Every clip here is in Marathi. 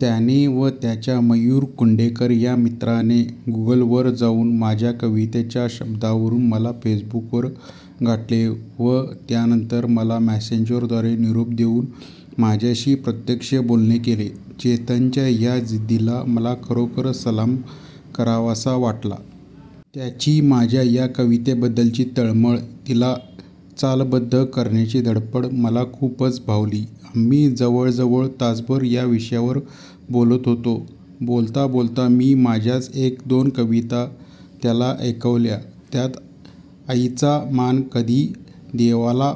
त्याने व त्याच्या मयूर कुंडेकर ह्या मित्राने गुगलवर जाऊन माझ्या कवितेच्या शब्दांवरून मला फेसबुकवर गाठले व त्यानंतर मला मेसेंजरद्वारे निरोप देऊन माझ्याशी प्रत्यक्ष बोलणे केले. चेतनच्या ह्या जिद्दीला मला खरोखर सलाम करावासा वाटला. त्याची माझ्या ह्या कवितेबद्दलची तळमळ, तिला चालबद्ध करण्याची धडपड मला खूपच भावली. आम्ही जवळजवळ तासभर ह्या विषयावर बोलत होतो. बोलता बोलता मी माझ्याच एक दोन कविता त्याला ऐकवल्या. त्यात आईचा मान कधी देवाला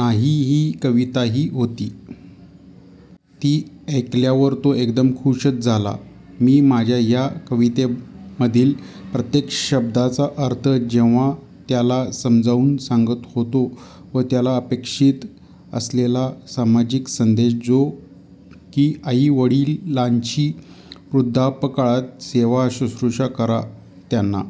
नाही ही कविताही होती. ती ऐकल्यावर तो एकदम खूशच झाला. मी माझ्या ह्या कवितेमधील प्रत्येक शब्दाचा अर्थ जेव्हा त्याला समजावून सांगत होतो व मला अपेक्षित असलेला सामाजिक संदेश जो की आई वडिलांची वृद्धापकाळात सेवा, सुश्रुषा करा, त्यांना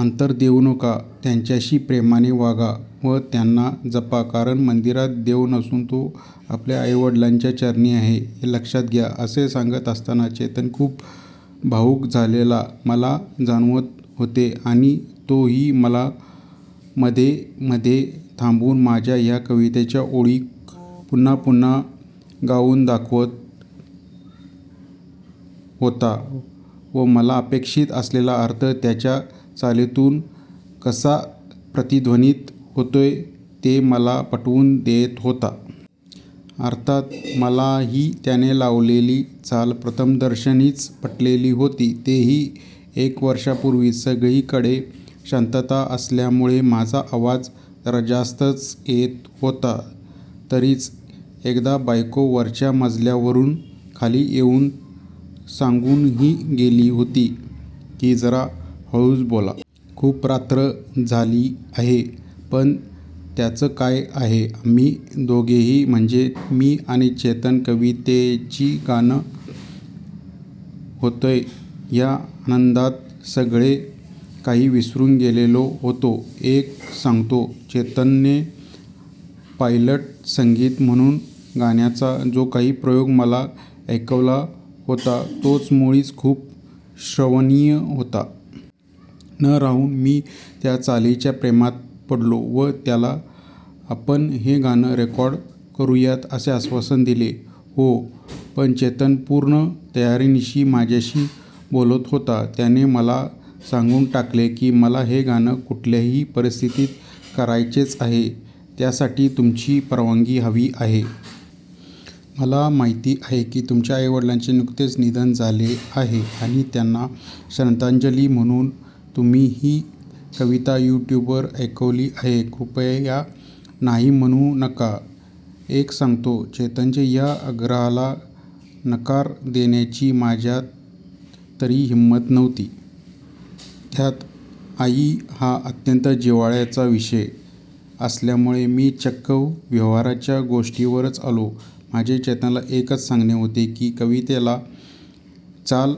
अंतर देऊ नका, त्यांच्याशी प्रेमाने वागा व त्यांना जपा, कारण मंदिरात देव नसून तो आपल्या आईच्या चरणी आहे हे लक्षात घ्या, असे सांगत असताना चेतन खूप भावूक झालेला मला जाणवत होते आणि तोही मला मध्ये मध्ये थांबवून माझ्या ह्या कवितेच्या ओळी पुन्हा पुन्हा गाऊन दाखवत होता व मला अपेक्षित असलेला अर्थ त्याच्या चालीतून कसा प्रतिध्वनित होतोय ते मला पटवून देत होता. अर्थात मलाही, त्याने लावलेली चाल प्रथमदर्शनीच पटलेली होती, तेही एक वर्षापूर्वीच! सगळीकडे शांतता असल्यामुळे माझा आवाज जरा जास्तच येत होता. तरीच एकदा बायको वरच्या मजल्यावरून खाली येऊन सांगूनही गेली होती की, जरा हळू बोल! खूप रात्र झाली आहे! पण त्याचं काय आहे, आम्ही दोघेही म्हणजे मी आणि चेतन कवितेचे गाणं होतंय ह्या आनंदात सगळे काही विसरून गेलेलो होतो. एक सांगतो, चेतनने पायलट संगीत म्हणून गाण्याचा जो काही प्रयोग मला ऐकवला होता तोच मुळी खूप श्रवणीय होता. न राहवून मी त्या चालीच्या प्रेमात पडलो व त्याला आपण हे गाणे रेकॉर्ड करूयात असे आश्वासन दिले. हो पण चेतन पूर्ण तयारीनिशी माझ्याशी बोलत होता. त्याने मला सांगून टाकले की, मला हे गाणे कुठल्याही परिस्थितीत करायचेच आहे, त्यासाठी तुमची परवानगी हवी आहे. मला माहिती आहे की तुमच्या आईचे नुकतेच निधन झाले आहे आणि त्यांना श्रद्धांजली म्हणून तुम्ही ही कविता यूट्यूबवर ऐकवलीही आहे. कृपया नाही म्हणू नका! एक सांगतो, चेतनच्या ह्या आग्रहाला नकार देण्याची माझ्यात तरी हिंमत नव्हती. त्यात आई हा अत्यंत जिव्हाळ्याचा विषय असल्यामुळे मी चक्क व्यवहाराच्या गोष्टींवरच आलो. माझे चेतनला एकच सांगणे होते की, कवितेला चाल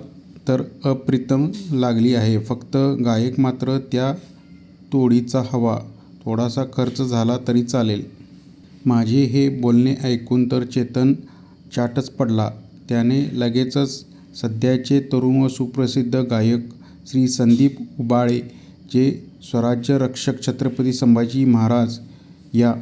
तर अप्रतिम लागली आहे, फक्त गायक मात्र त्या तोडीचा हवा. थोडासा खर्च झाला तरी चालेल. माझे हे बोलणे ऐकून तर चेतन चाटच पडला. त्याने लगेचच सध्याचे तरुण व सुप्रसिद्ध गायक श्री. संदीप उबाळे, जे स्वराज्यरक्षक छत्रपती संभाजी महाराज ह्या